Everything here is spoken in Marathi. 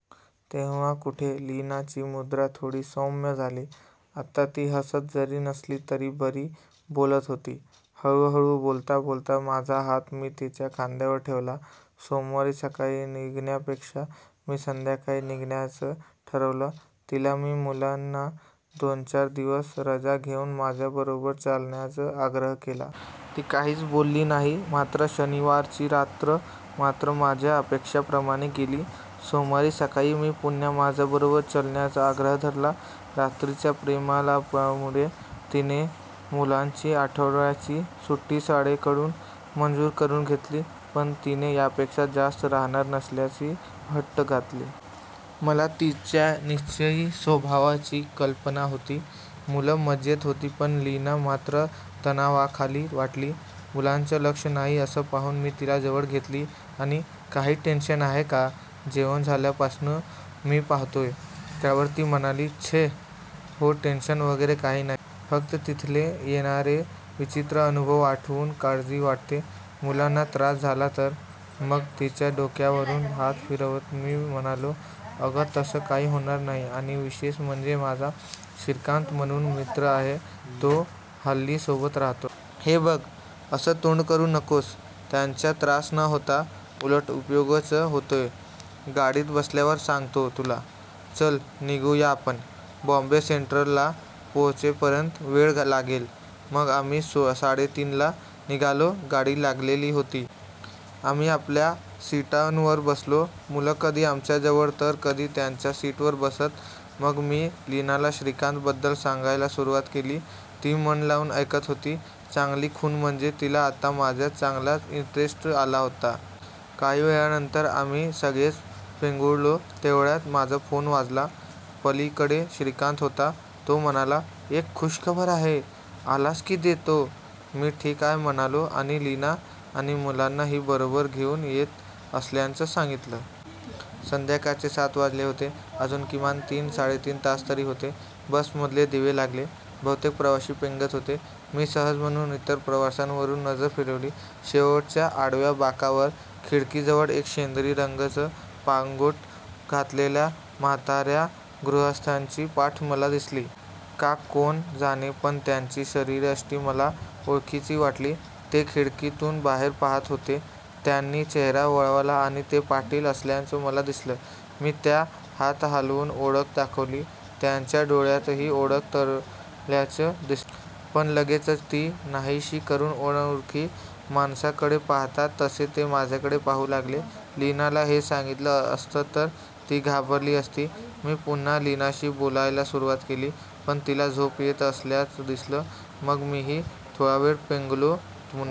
तेव्हा कुठे लीनाची मुद्रा थोडी सौम्य झाली.आता ती हसत जरी नसली तरी बरी बोलत होती. हळूहळू बोलता बोलता माझा हात मी तिच्या खांद्यावर ठेवला. सोमवारी सकाळी निघण्यापेक्षा मी संध्याकाळी निघण्याचं ठरवलं. तिला मी मुलांना दोन चार दिवस रजा घेऊन माझ्याबरोबर चालण्याचा आग्रह केला. ती काहीच बोलली नाही. मात्र शनिवारची रात्र मात्र माझ्या अपेक्षेप्रमाणे गेली. सोमवारी सकाळी मी पुन्हा माझ्याबरोबर चलण्याचा आग्रह धरला. रात्रीच्या प्रेमालापामुळे तिने मुलांची आठवड्यांची सुट्टी शाळेकडून मंजूर करुन घेतली. पण तिने यापेक्षा जास्त राहणार नसल्याची अट घातली. मला तिच्या निश्चयी स्वभावाची कल्पना होती. मुलं मजेत होती पण लीना मात्र तणावाखाली वाटली. मुलांचं लक्ष नाही असं पाहून मी तिला जवळ घेतली आणि," काही टेन्शन आहे का? जेवण झाल्यापासून मी पाहतोय. " त्यावर ती म्हणाली," छे हो टेन्शन वगैरे काही नाही. फक्त तिथले येणारे विचित्र अनुभव आठवून काळजी वाटते. मुलांना त्रास झाला तर? मग तिच्या डोक्यावरून हात फिरवत मी म्हणालो, "अगं तसं काही होणार नाही. आणि विशेष म्हणजे माझा श्रीकांत म्हणून मित्र आहे, तो हल्ली सोबत राहतो. हे बघं असं तोंड करुन नकोस. त्यांचा त्रास न होता उलट उपयोगच होतोय. गाडीत बसल्यावर सांगतो तुला. चल, निघू या आपण. बॉंबे सेंट्रलला पोहोचेपर्यंत वेळ लागेल. " मग आम्ही साडेतीनला निघालो. गाडी लागलेली होती. आम्ही आपल्या सिटांवर बसलो. मुलं कधी आमच्याजवळ तर कधी त्यांच्या सीटवर बसत. मग मी लीनाला श्रीकांत बद्दल सांगायला सुरुवात केली. ती मन लावून ऐकत होती. चांगली खूण म्हणजे तिला आता माझ्यात चांगलाच इंटरेस्ट आला होता. काही वेळानंतर आम्ही सगळेच पेंगुळलो. तेवढ्यात माझा फोन वाजला. पलीकडे श्रीकांत होता. तो म्हणाला," एक खुशखबर आहे. आलास की देतो. " मी ठीक आहे म्हणालो आणि लीना आणि मुलांना ही बरोबर घेऊन येत असल्याचं सांगितलं. संध्याकाळचे सात वाजले होते. अजून किमान तीन साडेतीन तास तरी होते. बसमधले दिवे लागले. बहुतेक प्रवासी पेंगत होते. मी सहज म्हणून इतर प्रवाशांवरुन नजर फिरवली. शेवटच्या आडव्या बाकावर खिडकीजवळ एक शेंदरी रंगाचं पागोटं घातलेल्या म्हाताऱ्या गृहस्थांची पाठ मला दिसली. का कोण जाणे पण त्यांची शरीरयष्टी मला ओळखीची वाटली. ते खिडकीतून बाहेर पाहात होते. त्यांनी चेहरा वळवला आणि ते पाटील असल्याचं मला दिसलं. मी त्या हात हालवून ओळख दाखवली. त्यांच्या डोळ्यातही ओळख तरळल्याचं दिसलं. पण लगेचच ती नाहीशी करून अनोळखी माणसाकडे पाहतात तसे ते माझ्याकडे पाहू लागले. लीनाला हे सांगितलं असतं तर ती घाबरली असती. मी पुन्हा लीनाशी बोलायला सुरुवात केली. पण तिला झोप येत असल्याचं दिसलं. मग मीही थोडावेळ पेंगलो. पुन्हा